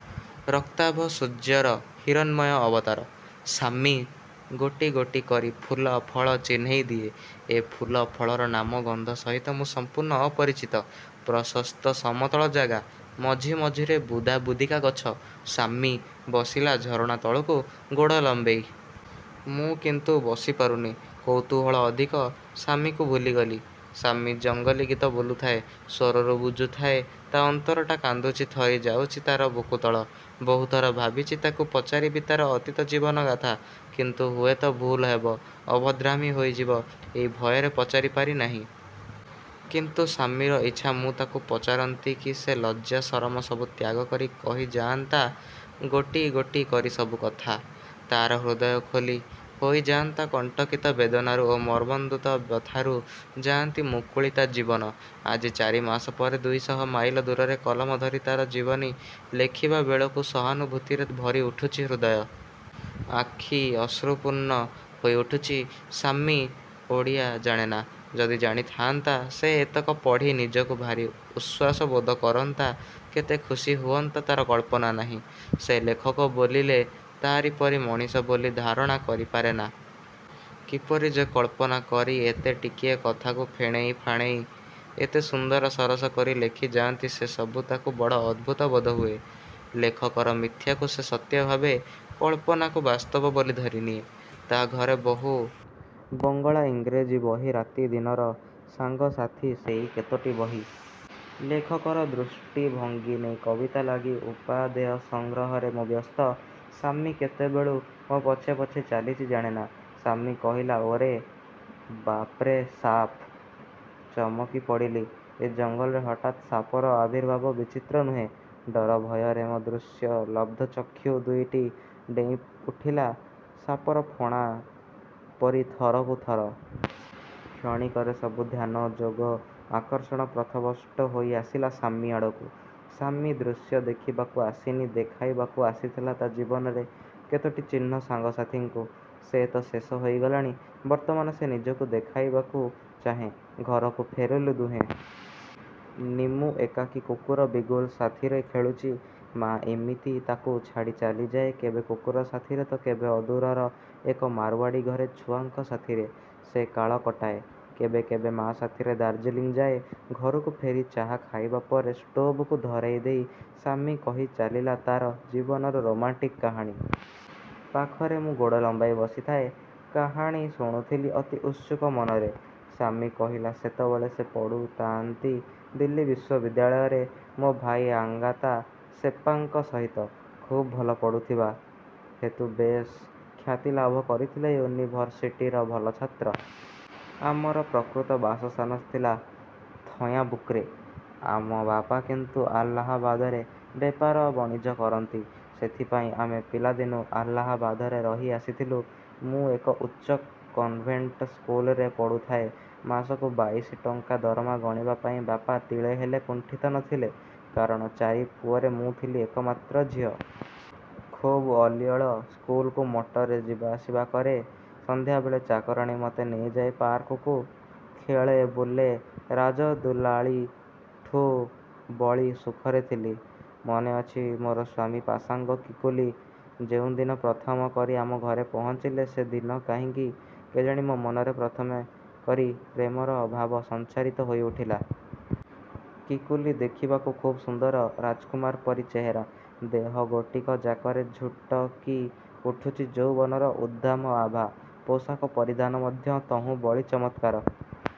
ରକ୍ତାଭ ସୂର୍ଯ୍ୟର ହିରଣ୍ମୟ ଅବତାର। ଶାମ୍ମି ଗୋଟି ଗୋଟି କରି ଫୁଲ ଫଳ ଚିହ୍ନେଇ ଦିଏ। ଏ ଫୁଲ ଫଳର ନାମ ଗନ୍ଧ ସହିତ ମୁଁ ସମ୍ପୂର୍ଣ୍ଣ ଅପରିଚିତ। ପ୍ରଶସ୍ତ ସମତଳ ଜାଗା। ମଝି ମଝିରେ ବୁଦାବୁଦିକା ଗଛ। ଶାମ୍ମି ବସିଲା ଝରଣା ତଳକୁ ଗୋଡ଼ ଲମ୍ବେଇ। ମୁଁ କିନ୍ତୁ ବସି ପାରୁନି। କୌତୁହଳ ଅଧିକ। ଶାମ୍ମିକୁ ଭୁଲିଗଲି। ଶାମ୍ମି ଜଙ୍ଗଲି ଗୀତ ବୋଲୁଥାଏ। ସ୍ୱରରୁ ବୁଝୁଥାଏ ତା ଅନ୍ତରଟା କାନ୍ଦୁଚି ଥରି ଯାଉଚି ତାର ବୁକୁତଳ। ବହୁଥର ଭାବିଚି ତାକୁ ପଚାରିବି ତାର ଅତୀତ ଜୀବନ ଗାଥା। କିନ୍ତୁ ହୁଏତ ଭୁଲ ହେବ, ଅଭଦ୍ରାମି ହୋଇଯିବ, ଏଇ ଭୟରେ ପଚାରି ପାରି ନାହିଁ। କିନ୍ତୁ ଶାମ୍ମିର ଇଚ୍ଛା ମୁଁ ତାକୁ ପଚାରନ୍ତିକି ସେ ଲଜ୍ଜା ସରମ ସବୁ ତ୍ୟାଗ କରି କହିଯାଆନ୍ତା ଗୋଟି ଗୋଟି କରି ସବୁକଥା। ତାର ହୃଦୟ ଖୋଲି ହୋଇଯାଆନ୍ତା କଣ୍ଟକିତ ବେଦନାରୁ ଓ ମର୍ମନ୍ତୁଦ ବ୍ୟଥାରୁ। ଯାଆନ୍ତି ମୁକୁଳି ତା ଜୀବନ। ଆଜି ଚାରିମାସ ପରେ ଦୁଇ ଶହ ମାଇଲ ଦୂରରେ କଲମ ଧରି ତାର ଜୀବନୀ ଲେଖିବା ବେଳକୁ ସହାନୁଭୂତିରେ ଭରି ଉଠୁଛି ହୃଦୟ। ଆଖି ଅଶ୍ରୁପୂର୍ଣ୍ଣ ହୋଇ ଉଠୁଛି। ଶାମ୍ମି ଓଡ଼ିଆ ଜାଣେନା। ଯଦି ଜାଣିଥାଆନ୍ତା ସେ ଏତକ ପଢ଼ି ନିଜକୁ ଭାରି ଉଶ୍ୱାସ ବୋଧ କରନ୍ତା କେତେ ଖୁସି ହୁଅନ୍ତା ତାର କଳ୍ପନା ନାହିଁ। ସେ ଲେଖକ ବୋଲିଲେ ତାରି ପରି ମଣିଷ ବୋଲି ଧାରଣା କରି ପାରେନା। କିପରି ଯେ କଳ୍ପନା କରି ଏତେ ଟିକିଏ କଥାକୁ ଫେଣେଇ ଫାଣେଇ ଏତେ ସୁନ୍ଦର ସରସ କରି ଲେଖିଯାଆନ୍ତି ସେ ସବୁ ତାକୁ ବଡ଼ ଅଦ୍ଭୁତ ବୋଧହୁଏ! ଲେଖକର ମିଥ୍ୟାକୁ ସେ ସତ୍ୟ ଭାବେ, କଳ୍ପନାକୁ ବାସ୍ତବ ବୋଲି ଧରିନିଏ। ତା ଘରେ ବହୁ ବଙ୍ଗଳା ଇଂରେଜୀ ବହି ରାତି ଦିନର ସାଙ୍ଗ ସାଥୀ ସେଇ କେତୋଟି ବହି। ଲେଖକର ଦୃଷ୍ଟି ଭଙ୍ଗି ନେଇ କବିତା ଲାଗି ଉପାଦେୟ ସଂଗ୍ରହରେ ମୁଁ ବ୍ୟସ୍ତ। ଶାମ୍ମି କେତେବେଳୁ ମୋ ପଛେ ପଛେ ଚାଲିଚି ଜାଣେନା! ଶାମ୍ମି କହିଲା ଓରେ! ବାପ୍ରେ ସାପ୍। ଚମକି ପଡ଼ିଲି! ଏ ଜଙ୍ଗଲରେ ହଠାତ୍ ସାପର ଆବିର୍ଭାବ ବିଚିତ୍ର ନୁହେଁ! ଡରଭୟରେ ମୋ ଦୃଶ୍ୟ ଲବ୍ଧଚକ୍ଷୁ ଦୁଇଟି ଡେଇଁ ଉଠିଲା ସାପର ଫଣା ପରି ଥରକୁ ଥର। କ୍ଷଣିକରେ ସବୁ ଧ୍ୟାନ, ଯୋଗ, ଆକର୍ଷଣ ପଥଭ୍ରଷ୍ଟ ହୋଇ ଆସିଲା ଶାମ୍ମି ଆଡ଼କୁ। ଶାମ୍ମି ଦୃଶ୍ୟ ଦେଖିବାକୁ ଆସିନି ଦେଖାଇବାକୁ ଆସିଥିଲା ତା ଜୀବନରେ କେତୋଟି ଚିହ୍ନ ସାଙ୍ଗ ସାଥିଙ୍କୁ। ସେ ତ ଶେଷ ହୋଇଗଲାଣି। ବର୍ତ୍ତମାନ ସେ ନିଜକୁ ଦେଖାଇବାକୁ ଚାହେଁ। ଘରକୁ ଫେରିଲୁ ଦୁହେଁ। ନିମ୍ମୁ ଏକାକୀ କୁକୁର ବିଗୁଲ୍ ସାଥିରେ ଖେଳୁଚି। ମାଆ ଏମିତି ତାକୁ ଛାଡ଼ି ଚାଲିଯାଏ କେବେ କୁକୁର ସାଥିରେ ତ କେବେ ଅଦୂରର ଏକ ମାରୁଆଡ଼ୀ ଘରେ ଛୁଆଙ୍କ ସାଥିରେ ସେ କାଳ କଟାଏ। କେବେ କେବେ ମାଆ ସାଥିରେ ଦାର୍ଜିଲିଂ ଯାଏ। ଘରକୁ ଫେରି ଚାହା ଖାଇବା ପରେ ଷ୍ଟୋଭକୁ ଧରେଇ ଦେଇ ଶାମ୍ମି କହି ଚାଲିଲା ତାର ଜୀବନର ରୋମାଣ୍ଟିକ୍ କାହାଣୀ। ପାଖରେ ମୁଁ ଗୋଡ଼ ଲମ୍ବେଇ ବସିଥାଏ। କାହାଣୀ ଶୁଣୁଥିଲି ଅତି ଉତ୍ସୁକ ମନରେ। ଶାମ୍ମି କହିଲା, "ସେତେବେଳେ ସେ ପଡ଼ୁଥାଆନ୍ତି ଦିଲ୍ଲୀ ବିଶ୍ୱବିଦ୍ୟାଳୟରେ ମୋ ଭାଇ ଆଙ୍ଗତା ସେପ୍ପାଙ୍କ ସହିତ। ଖୁବ୍ ଭଲ ପଢ଼ୁଥିବା। ହେତୁ ବେଶ୍ ଖ୍ୟାତି ଲାଭ କରିଥିଲେ ୟୁନିଭରସିଟିର ଭଲ ଛାତ୍ର। ଆମର ପ୍ରକୃତ ବାସସ୍ଥାନ ଥିଲା ଥୟାଁବୁକ୍ରେ। ଆମ ବାପା କିନ୍ତୁ ଆଲାହାବାଦରେ ବେପାର ବଣିଜ କରନ୍ତି। ସେଥିପାଇଁ ଆମେ ପିଲାଦିନୁ ଆଲାହାବାଦରେ ରହି ଆସିଥିଲୁ। ମୁଁ ଏକ ଉଚ୍ଚ କନ୍ଭେଣ୍ଟ ସ୍କୁଲରେ ପଢ଼ୁଥାଏ। ମାସକୁ ବାଇଶି ଟଙ୍କା ଦରମା ଗଣିବା ପାଇଁ ବାପା ତିଳେ ହେଲେ କୁଣ୍ଠିତ ନ ଥିଲେ; କାରଣ ଚାରି ପୁଅରେ ମୁଁ ଥିଲି ଏକମାତ୍ର ଝିଅ। ଖୁବ୍ ଅଳିଅଳ। ସ୍କୁଲକୁ ମଟରରେ ଯିବାଆସିବା କରେ। ସନ୍ଧ୍ୟାବେଳେ ଚାକରାଣୀ ମତେ ନେଇଯାଏ ପାର୍କକୁ। ଖେଳେ, ବୁଲେ; ରାଜଦୁଳାଲୀଠୁ ବଳି ସୁଖରେ ଥିଲି। ମନେ ଅଛି, ମୋର ସ୍ୱାମୀ ପାସାଙ୍ଗ କିକୁଲି ଯେଉଁଦିନ ପ୍ରଥମ କରି ଆମ ଘରେ ପହଞ୍ଚିଲେ ସେ ଦିନ କାହିଁକି କେଜାଣି ମୋ ମନରେ ପ୍ରଥମେ କରି ପ୍ରେମର ଭାବ ସଞ୍ଚାରିତ ହୋଇ ଉଠିଲା। କିକୁଲି ଦେଖିବାକୁ ଖୁବ୍ ସୁନ୍ଦର। ରାଜକୁମାର ପରି ଚେହେରା। ଦେହ ଗୋଟିକ ଯାକରେ ଝୁଟକି ଉଠୁଚି ଯୌବନର ଉଦ୍ଦାମ ଆଭା। ପୋଷାକ ପରିଧାନ ମଧ୍ୟ ତହୁଁ ବଳି ଚମତ୍କାର।